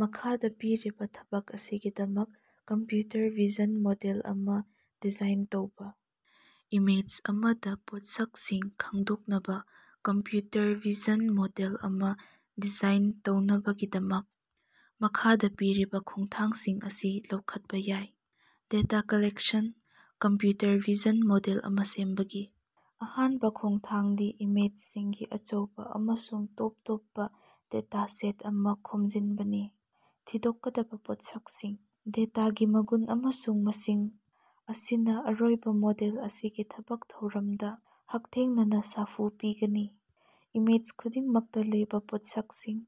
ꯃꯈꯥꯗ ꯄꯤꯔꯤꯕ ꯊꯕꯛ ꯑꯁꯤꯒꯤꯗꯃꯛ ꯀꯝꯄ꯭ꯌꯨꯇꯔ ꯚꯤꯖꯟ ꯃꯣꯗꯦꯜ ꯑꯃ ꯗꯤꯖꯥꯏꯟ ꯇꯧꯕꯥ꯫ ꯏꯃꯦꯖ ꯑꯃꯗ ꯄꯣꯠꯁꯛꯁꯤꯡ ꯈꯪꯗꯣꯛꯅꯕ ꯀꯝꯄ꯭ꯌꯨꯇꯔ ꯚꯤꯖꯟ ꯃꯣꯗꯦꯜ ꯑꯃ ꯗꯤꯖꯥꯏꯟ ꯇꯧꯅꯕꯒꯤꯗꯃꯛ, ꯃꯈꯥꯗ ꯄꯤꯔꯤꯕ ꯈꯣꯡꯊꯥꯡꯁꯤꯡ ꯑꯁꯤ ꯂꯧꯈꯠꯄ ꯌꯥꯏ: data collection: computer vision model ꯑꯃ ꯁꯦꯝꯕꯒꯤ ꯑꯍꯥꯟꯕ ꯈꯣꯡꯊꯥꯡꯗꯤ ꯏꯃꯦꯖꯁꯤꯡꯒꯤ ꯑꯆꯧꯕ ꯑꯃꯁꯨꯡ ꯇꯣꯞ ꯇꯣꯞꯄ ꯗꯦꯇꯥꯁꯦꯠ ꯑꯃ ꯈꯣꯝꯖꯤꯟꯕꯅꯤ꯫ ꯊꯤꯗꯣꯛꯀꯗꯕ ꯄꯣꯠꯁꯛꯁꯤꯡ :ꯗꯦꯇꯥꯒꯤ ꯃꯒꯨꯟ ꯑꯃꯁꯨꯡ ꯃꯁꯤꯡ ꯑꯁꯤꯅ ꯑꯔꯣꯏꯕ ꯃꯣꯗꯦꯜ ꯑꯁꯤꯒꯤ ꯊꯕꯛ ꯊꯧꯔꯝꯁꯤꯡꯗꯥ ꯍꯛꯊꯦꯡꯅꯅ ꯁꯥꯐꯨ ꯄꯤꯒꯅꯤ꯫ ꯏꯃꯦꯖ ꯈꯨꯗꯤꯡꯃꯛꯇꯥ ꯂꯩꯕꯥ ꯄꯣꯠꯁꯛꯁꯤꯡ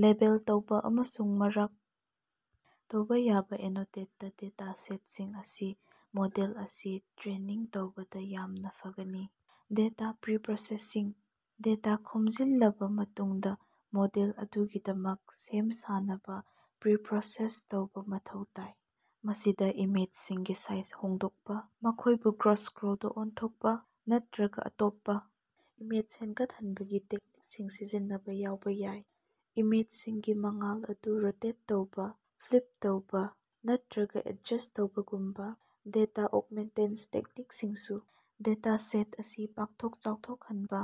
ꯂꯦꯕꯦꯜ ꯇꯧꯕ ꯑꯃꯁꯨꯡ ꯃꯥꯔꯛ ꯇꯧꯕꯥ ꯌꯥꯕ ꯑꯦꯅꯣꯇꯦꯠꯇ ꯗꯦꯇꯥꯁꯦꯠꯁꯤꯡ ꯑꯁꯤ ꯃꯣꯗꯦꯜ ꯑꯁꯤ ꯇ꯭ꯔꯦꯅꯤꯡ ꯇꯧꯕꯗ ꯌꯥꯝꯅꯥ ꯐꯒꯅꯤ꯫ ꯗꯦꯇꯥ ꯄ꯭ꯔꯤꯄꯔꯣꯁꯦꯁꯤꯡ: ꯗꯦꯇꯥ ꯈꯣꯝꯖꯤꯜꯂꯕꯥ ꯃꯇꯨꯡꯗꯥ ꯃꯣꯗꯦꯜ ꯑꯗꯨꯒꯤꯗꯃꯛ ꯁꯦꯝ ꯁꯥꯅꯕ ꯄ꯭ꯔꯤꯄꯔꯣꯁꯦꯁ ꯇꯧꯕꯥ ꯃꯊꯧ ꯇꯥꯏ꯫ ꯃꯁꯤꯗꯥ ꯏꯃꯦꯖꯁꯤꯡꯒꯤ ꯁꯥꯏꯖ ꯍꯣꯡꯗꯣꯛꯄ, ꯃꯈꯣꯏꯕꯨ ꯒ꯭ꯔꯦꯁ꯭ꯀꯦꯜꯗ ꯑꯣꯟꯊꯣꯛꯄꯥ ꯅꯠꯇ꯭ꯔꯒ ꯑꯇꯣꯞꯄ ꯏꯃꯦꯖ ꯍꯦꯟꯒꯠꯍꯟꯕꯒꯤ ꯇꯦꯛꯅꯤꯛꯁꯤꯡ ꯁꯤꯖꯤꯟꯅꯕ ꯌꯥꯎꯕ ꯌꯥꯏ꯫ ꯏꯃꯦꯖꯁꯤꯡꯒꯤ ꯃꯉꯥꯜ ꯑꯗꯨ ꯔꯣꯇꯦꯠ ꯇꯧꯕꯥ, ꯐ꯭ꯂꯤꯞ ꯇꯧꯕꯥ ꯅꯠꯇ꯭ꯔꯒꯥ ꯑꯦꯗꯖꯁꯠ ꯇꯧꯕꯒꯨꯝꯕꯥ ꯗꯦꯇꯥ ꯑꯣꯒꯃꯦꯟꯇꯦꯁꯟ ꯇꯦꯛꯅꯤꯛꯁꯤꯡꯁꯨ ꯗꯦꯇꯥꯁꯦꯠ ꯑꯁꯤ ꯄꯥꯛꯊꯣꯛ ꯆꯥꯎꯊꯣꯛꯍꯟꯅꯕꯥ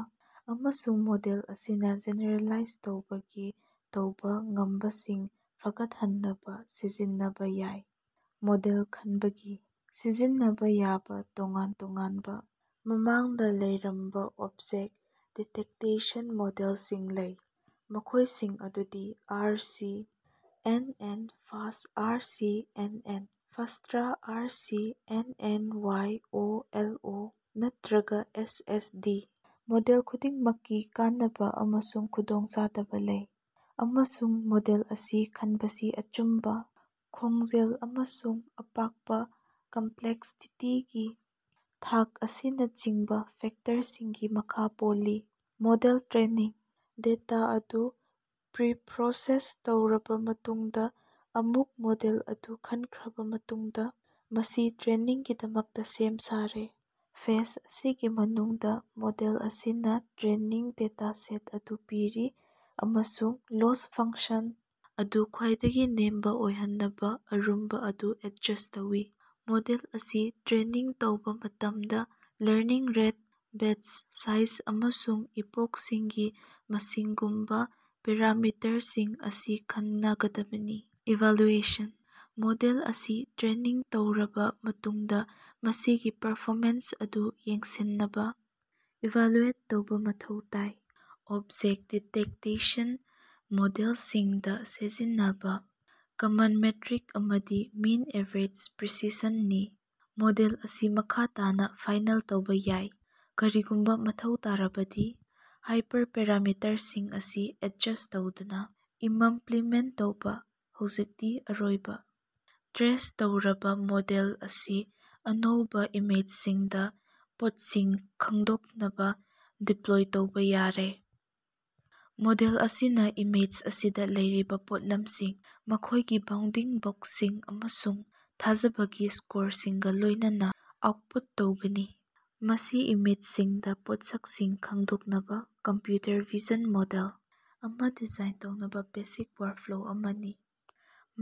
ꯑꯃꯁꯨꯡ ꯃꯣꯗꯦꯜ ꯑꯁꯤꯅꯥ ꯖꯦꯅꯦꯔꯦꯂꯥꯏꯖ ꯇꯧꯕꯒꯤ ꯇꯧꯕ ꯉꯝꯕꯁꯤꯡ ꯐꯒꯠꯍꯟꯅꯕ ꯁꯤꯖꯤꯟꯅꯕ ꯌꯥꯏ꯫ ꯃꯣꯗꯦꯜ ꯈꯟꯕꯒꯤ: ꯁꯤꯖꯤꯟꯅꯕ ꯌꯥꯕ ꯇꯣꯉꯥꯟ ꯇꯣꯉꯥꯟꯕ ꯃꯃꯥꯡꯗ ꯂꯩꯔꯝꯕ ꯑꯣꯕꯖꯦꯛꯇ ꯗꯤꯇꯦꯛꯇꯦꯁꯟ ꯃꯣꯗꯦꯜꯁꯤꯡ ꯂꯩ, ꯃꯈꯣꯏꯁꯤꯡ ꯑꯗꯨꯗꯤ R C. N. N., fast R C. N. N., faster R C. N. N., Y. O. L. ꯑꯣ. ꯅꯠꯇ꯭ꯔꯒꯥ ꯑꯦꯁ. ꯑꯦꯁ. ꯗꯤ. ꯃꯣꯗꯦꯜ ꯈꯨꯗꯤꯡꯃꯛꯀꯤ ꯀꯥꯟꯅꯕꯥ ꯑꯃꯁꯨꯡ ꯈꯨꯗꯣꯡꯆꯥꯗꯕꯁꯤꯡ ꯂꯩ, ꯑꯃꯁꯨꯡ ꯃꯣꯗꯦꯜ ꯑꯁꯤ ꯈꯟꯕꯁꯤ ꯑꯆꯨꯝꯕꯥ, ꯈꯣꯡꯖꯦꯜ ꯑꯃꯁꯨꯡ ꯑꯄꯥꯝꯕꯥ ꯀꯝꯄꯂꯦꯛꯁꯇꯤꯇꯤꯒꯤ ꯊꯥꯛ ꯑꯁꯤꯅꯆꯤꯡꯕꯥ ꯐꯦꯛꯇꯔꯁꯤꯡꯒꯤ ꯃꯈꯥ ꯄꯣꯜꯂꯤ꯫ ꯃꯣꯗꯦꯜ ꯇ꯭ꯔꯦꯅꯤꯡ: ꯗꯦꯇꯥ ꯑꯗꯨ ꯄ꯭ꯔꯤꯄꯔꯣꯁꯦꯁ ꯇꯧꯔꯕꯥ ꯃꯇꯨꯡꯗꯥ ꯑꯃꯁꯨꯡ ꯃꯣꯗꯦꯜ ꯑꯗꯨ ꯈꯟꯈ꯭ꯔꯕꯥ ꯃꯇꯨꯡꯗꯥ, ꯃꯁꯤ ꯇ꯭ꯔꯦꯅꯤꯡꯒꯤꯗꯃꯛꯇꯥ ꯁꯦꯝ ꯁꯥꯔꯦ꯫ ꯐꯦꯖ ꯑꯁꯤꯒꯤ ꯃꯅꯨꯡꯗꯥ ꯃꯣꯗꯦꯜ ꯑꯁꯤꯅꯥ ꯇ꯭ꯔꯦꯅꯤꯡ ꯗꯦꯇꯥꯁꯦꯠ ꯑꯗꯨ ꯄꯤꯔꯤ ꯑꯃꯁꯨꯡ ꯂꯣꯁ ꯐꯪꯛꯁꯟ ꯑꯗꯨ ꯈ꯭ꯋꯥꯏꯗꯒꯤ ꯅꯦꯝꯕꯥ ꯑꯣꯏꯍꯟꯅꯕ ꯑꯔꯨꯝꯕꯥ ꯑꯗꯨ ꯑꯦꯗꯖꯁ ꯇꯧꯏ꯫ ꯃꯣꯗꯦꯜ ꯑꯁꯤ ꯇ꯭ꯔꯦꯅꯤꯡ ꯇꯧꯕꯥ ꯃꯇꯝꯗ ꯂꯔꯅꯤꯡ ꯔꯦꯠ, ꯕꯦꯆ ꯁꯥꯏꯖ ꯑꯃꯁꯨꯡ ꯏꯄꯣꯛꯁꯤꯡꯒꯤ ꯃꯁꯤꯡꯒꯨꯝꯕꯥ ꯄꯦꯔꯥꯃꯤꯇꯔꯁꯤꯡ ꯑꯁꯤ ꯈꯟꯅꯒꯗꯕꯅꯤ꯫ ꯏꯚꯥꯂꯨꯑꯦꯁꯟ: ꯃꯣꯗꯦꯜ ꯑꯁꯤ ꯇ꯭ꯔꯦꯅꯤꯡ ꯇꯧꯔꯕꯥ ꯃꯇꯨꯡꯗꯥ ꯃꯁꯤꯒꯤ ꯄꯔꯐꯣꯃꯦꯟꯁ ꯑꯗꯨ ꯌꯦꯡꯁꯤꯟꯅꯕꯥ ꯏꯚꯥꯂꯨꯑꯦꯠ ꯇꯧꯕꯥ ꯃꯊꯧ ꯇꯥꯏ꯫ ꯑꯣꯕꯖꯦꯛ ꯗꯤꯇꯦꯛꯇꯦꯁꯟ ꯃꯣꯗꯦꯜꯁꯤꯡꯗꯥ ꯁꯤꯖꯤꯟꯅꯕꯥ ꯀꯃꯟ ꯃꯦꯠꯔꯤꯛ ꯑꯃꯗꯤ ꯃꯤꯟ ꯑꯦꯚꯥꯔꯦꯖ ꯄ꯭ꯔꯤꯁꯤꯁꯟ ꯅꯤ꯫ ꯃꯣꯗꯦꯜ ꯑꯁꯤ ꯃꯈꯥ ꯇꯥꯅꯥ ꯐꯥꯏꯅꯦꯜ ꯇꯧꯕꯥ ꯌꯥꯏ, ꯀꯔꯤꯒꯨꯝꯕꯥ ꯃꯊꯧ ꯇꯥꯔꯕꯗꯤ, ꯍꯥꯏꯄꯔꯄꯦꯔꯥꯃꯤꯇꯔꯁꯤꯡ ꯑꯁꯤ ꯑꯦꯗꯖꯁꯠ ꯇꯧꯗꯨꯅꯥ꯫ ꯏꯃꯝꯄꯂꯤꯃꯦꯟ ꯇꯧꯕꯥ: ꯍꯧꯖꯤꯛꯇꯤ ꯑꯔꯣꯏꯕꯥ ꯇ꯭ꯔꯦꯟ ꯇꯧꯔꯕꯥ ꯃꯣꯗꯦꯜ ꯑꯁꯤ ꯑꯅꯧꯕꯥ ꯏꯃꯦꯖꯁꯤꯡꯗꯥ ꯄꯣꯠꯁꯤꯡ ꯈꯪꯗꯣꯛꯅꯕ ꯗꯤꯄꯂꯣꯏ ꯇꯧꯕꯥ ꯌꯥꯔꯦ꯫ ꯃꯣꯗꯦꯜ ꯑꯁꯤꯅꯥ ꯏꯃꯦꯖ ꯑꯁꯤꯗꯥ ꯂꯩꯔꯤꯕꯥ ꯄꯣꯠꯂꯝꯁꯤꯡ, ꯃꯈꯣꯏꯒꯤ ꯕꯥꯎꯟꯗꯤꯡ ꯕꯣꯛꯁꯁꯤꯡ ꯑꯃꯁꯨꯡ ꯊꯥꯖꯕꯒꯤ ꯁ꯭ꯀꯣꯔꯁꯤꯡꯒꯥ ꯂꯣꯏꯅꯅꯥ ꯑꯥꯎꯠꯄꯨꯠ ꯇꯧꯒꯅꯤ꯫ ꯃꯁꯤ ꯏꯃꯦꯖꯁꯤꯡꯗꯥ ꯄꯣꯠꯁꯤꯡ ꯈꯪꯗꯣꯛꯅꯕꯥ ꯀꯝꯄ꯭ꯌꯨꯇꯔ ꯚꯤꯖꯟ ꯃꯣꯗꯦꯜ ꯑꯃꯥ ꯗꯤꯖꯥꯏꯟ ꯇꯧꯅꯕꯒꯤ ꯕꯦꯁꯤꯛ ꯋꯥꯔꯛꯐ꯭ꯂꯣ ꯑꯃꯅꯤ꯫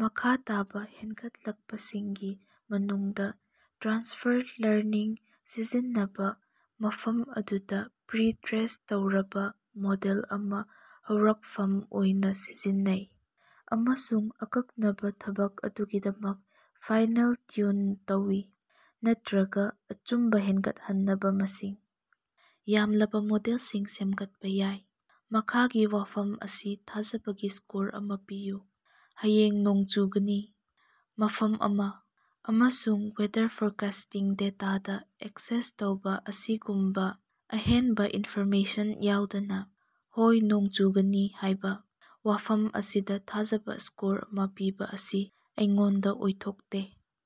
ꯃꯈꯥ ꯇꯥꯕꯥ ꯍꯦꯟꯒꯠꯂꯛꯄꯁꯤꯡꯒꯤ ꯃꯅꯨꯡꯗꯥ ꯇ꯭ꯔꯥꯟꯁꯐꯔ ꯂꯔꯅꯤꯡ ꯁꯤꯖꯤꯟꯅꯕꯥ, ꯃꯐꯝ ꯑꯗꯨꯗꯥ ꯄ꯭ꯔꯤ-ꯇ꯭ꯔꯦꯟ ꯇꯧꯔꯕꯥ ꯃꯣꯗꯦꯜ ꯑꯃꯥ ꯍꯧꯔꯛꯐꯝ ꯑꯣꯏꯅꯥ ꯁꯤꯖꯤꯟꯅꯩ ꯑꯃꯁꯨꯡ ꯑꯀꯛꯅꯕꯥ ꯊꯕꯛ ꯑꯗꯨꯒꯤꯗꯃꯛ ꯐꯥꯏꯅꯦꯜ ꯇ꯭ꯌꯨꯟ ꯇꯧꯏ, ꯅꯠꯇ꯭ꯔꯒꯥ ꯑꯆꯨꯝꯕꯥ ꯍꯦꯟꯒꯠꯍꯟꯅꯕꯥ ꯃꯁꯤꯡ ꯌꯥꯝꯂꯕꯥ ꯃꯣꯗꯦꯜꯁꯤꯡ ꯁꯦꯝꯒꯠꯄꯥ ꯌꯥꯏ꯫ ꯃꯈꯥꯒꯤ ꯋꯥꯐꯝ ꯑꯁꯤꯗꯥ ꯊꯥꯖꯕꯒꯤ ꯁ꯭ꯀꯣꯔ ꯑꯃꯥ ꯄꯤꯌꯨ: ꯍꯌꯦꯡ ꯅꯣꯡ ꯆꯨꯒꯅꯤ"꯫ ꯃꯐꯝ ꯑꯃꯥ, ꯑꯃꯁꯨꯡ ꯋꯦꯗꯔ ꯐꯣꯔꯀꯥꯁ ꯗꯦꯇꯥꯗꯥ ꯑꯦꯛꯁꯦꯁ ꯇꯧꯕꯥ ꯑꯁꯤꯒꯨꯝꯕꯥ ꯑꯍꯦꯟꯕꯥ ꯏꯟꯐꯣꯔꯃꯦꯁꯟ ꯌꯥꯎꯗꯅꯥ "ꯍꯣꯏ ꯅꯣꯡ ꯆꯨꯒꯅꯤ" ꯍꯥꯏꯕ ꯋꯥꯐꯝ ꯑꯁꯤꯗ ꯊꯥꯖꯕ ꯁ꯭ꯀꯣꯔ ꯑꯃ ꯄꯤꯕꯥ ꯑꯁꯤ ꯑꯩꯉꯣꯟꯗ ꯑꯣꯏꯊꯣꯛꯇꯦ꯫